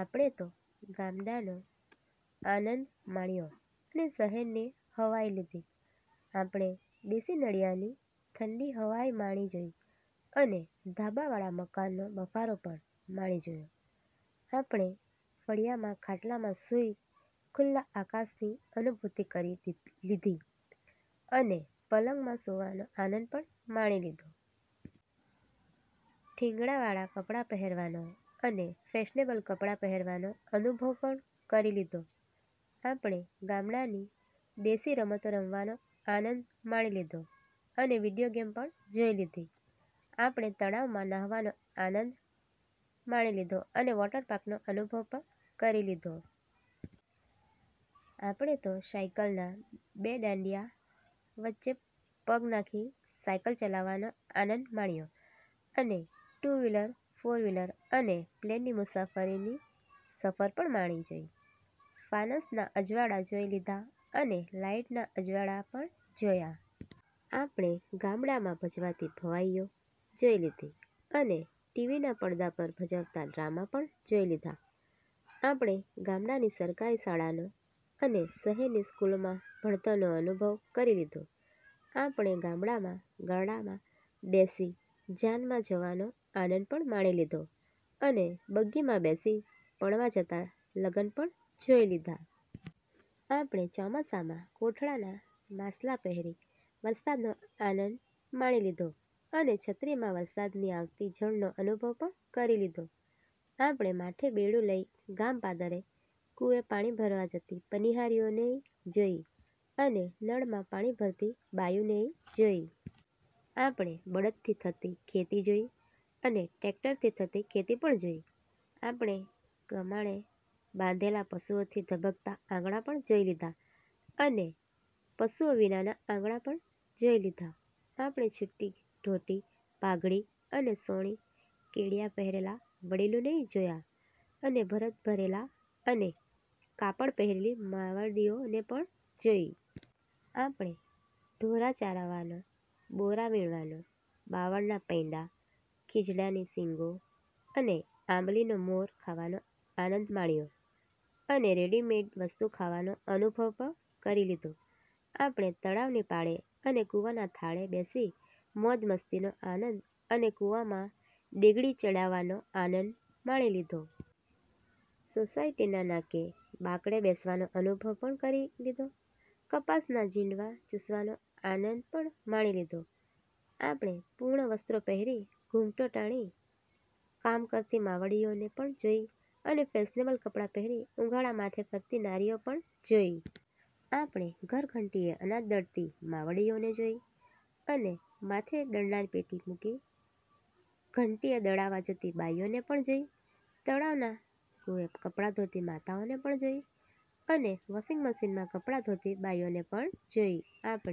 આપણે તો ગામડાનો આનંદ માણ્યો અને શહેરની હવાય લીધી. આપણે દેશી નળિયાની ઠંડી હવાય માણી જોઇ અને ધાબાવાળા મકાનનો બફારો પણ માણી જોયો. આપણે ફળિયામાં ખાટલામાં સુઇ ખુલ્લા આકાશની અનુભૂતિ કરી લીધી, અને પલંગમાં સુવાનો આનંદ પણ માણી લીધો. થીગડાવાળા કપડા પહેરવાનો અને ફેશનેબલ કપડા પહેરવાનો અનુભવ પણ કરી લીધો. આપણે ગામડાની દેશી રમતો રમવાનો આનંદ માણી લીધો અને વિડીયો ગેમ પણ જોઇ લીધી. આપણે તળાવમા નાહવાનો આનંદ માણી લીધો અને વૉટર પાર્કનો અનુભવ પણ કરી લીધો. આપણે તો સાઇકલના બે ડાંડિયા વચ્ચે પગ નાખી સાઇકલ ચલાવવાનો આનંદ માણ્યો અને ટુ વ્હીલ, ફોર વ્હીલ અને પ્લેનની મુસાફરીની સફર પણ માણી જોઇ. ફાનસના અજવાળા જોઇ લીધા અને લાઇટના અજવાળા પણ જોયા. આપણે ગામડામાં ભજવાતી ભવાઇઓ જોઇ લીધી અને ટી. વી. ના પડદા પર ભજવાતા ડ્રામા પણ જોઇ લીધા. આપણે ગામડાની સરકારી શાળાનો અને શહેરની સ્કૂલોમાં ભણતરનો અનુભવ કરી લીધો. આપણે ગામડામાં ગાડામા બેસી જાનમા જવાનો આનંદ પણ માણી લીધો અને બગીમા બેસી પણવા જતા લગન પણ જોઇ લીધા. આપણે ચોમાસામા કોથળાના માસલા પહેરી વરસાદનો આનંદ માણી લીધો અને છત્રીમા વરસાદની આવતી ઝણનો અનુભવ પણ કરી લીધો. આપણે માથે બેડુ લઇ ગામ પાદરે કુવે પાણી ભરવા જતી પનીહારીઓનેય જોઇ અને નળમા પાણી ભરતી બાઇયુનેય જોઇ. આપણે બળદથી થતી ખેતી જોઇ અને ટેકટરથી થતી ખેતી પણ જોઇ. આપણે ગમાણે બાંધેલા પશુઓથી ધબકતા આંગણા પણ જોઇ લીધા અને પશુઓ વિનાના આંગણા પણ જોઇ લીધા. આપણે છુટી ધોતી, પાઘડી અને સોણી- કેડિયા પહેરેલા વડીલોનેય જોયા અને ભરત ભરેલા અને કાપડા પહેરેલી માવડીઓને પણ જોઇ. આપણે ઢોરા ચારવાનો, બોરા વીણવાનો, બાવળના પૈડા – ખીજડાની સીંગો અને આંબલીનો મોર ખાવાનો આનંદ માણ્યો અને રેડીમેડ વસ્તુ ખાવાનો અનુભવ પણ કરી લીધો. આપણે તળાવની પાળે અને કુવાના થાળે બેસી મોજ મસ્તીનો આનંદ અને કુવામા ડેગડી ચડાવવાનો આનંદ માણી લીધો. સોસાયટીના નાકે બાકડે બેસવાનો અનુભવ પણ કરી લીધો કપાસના જીંડવા ચુસવાનો આનંદ પણ માણી લીધો. આપણે પૂર્ણ વસ્ત્રો પહેરી ઘુમટો તાણી કામ કરતી માવડીઓને પણ જોઇ અને ફેશનેબલ કપડા પહેરી ઉઘાડા માથે ફરતી નારીઓ પણ જોઇ. આપણે ધરધંટીએ અનાજ દળતી માવડીઓને જોઇ અને માથે દળણાની પેટી મુકી ઘંટીએ દળાવા જતી બાઇઓ પણ જોઇ. તળાવના કુવે કપડા ધોતી માતાઓને પણ જોઇ અને વૉશીંગ મશીનમા કપડા ધોતી બાઇઓને પણ જોઇ. આપણે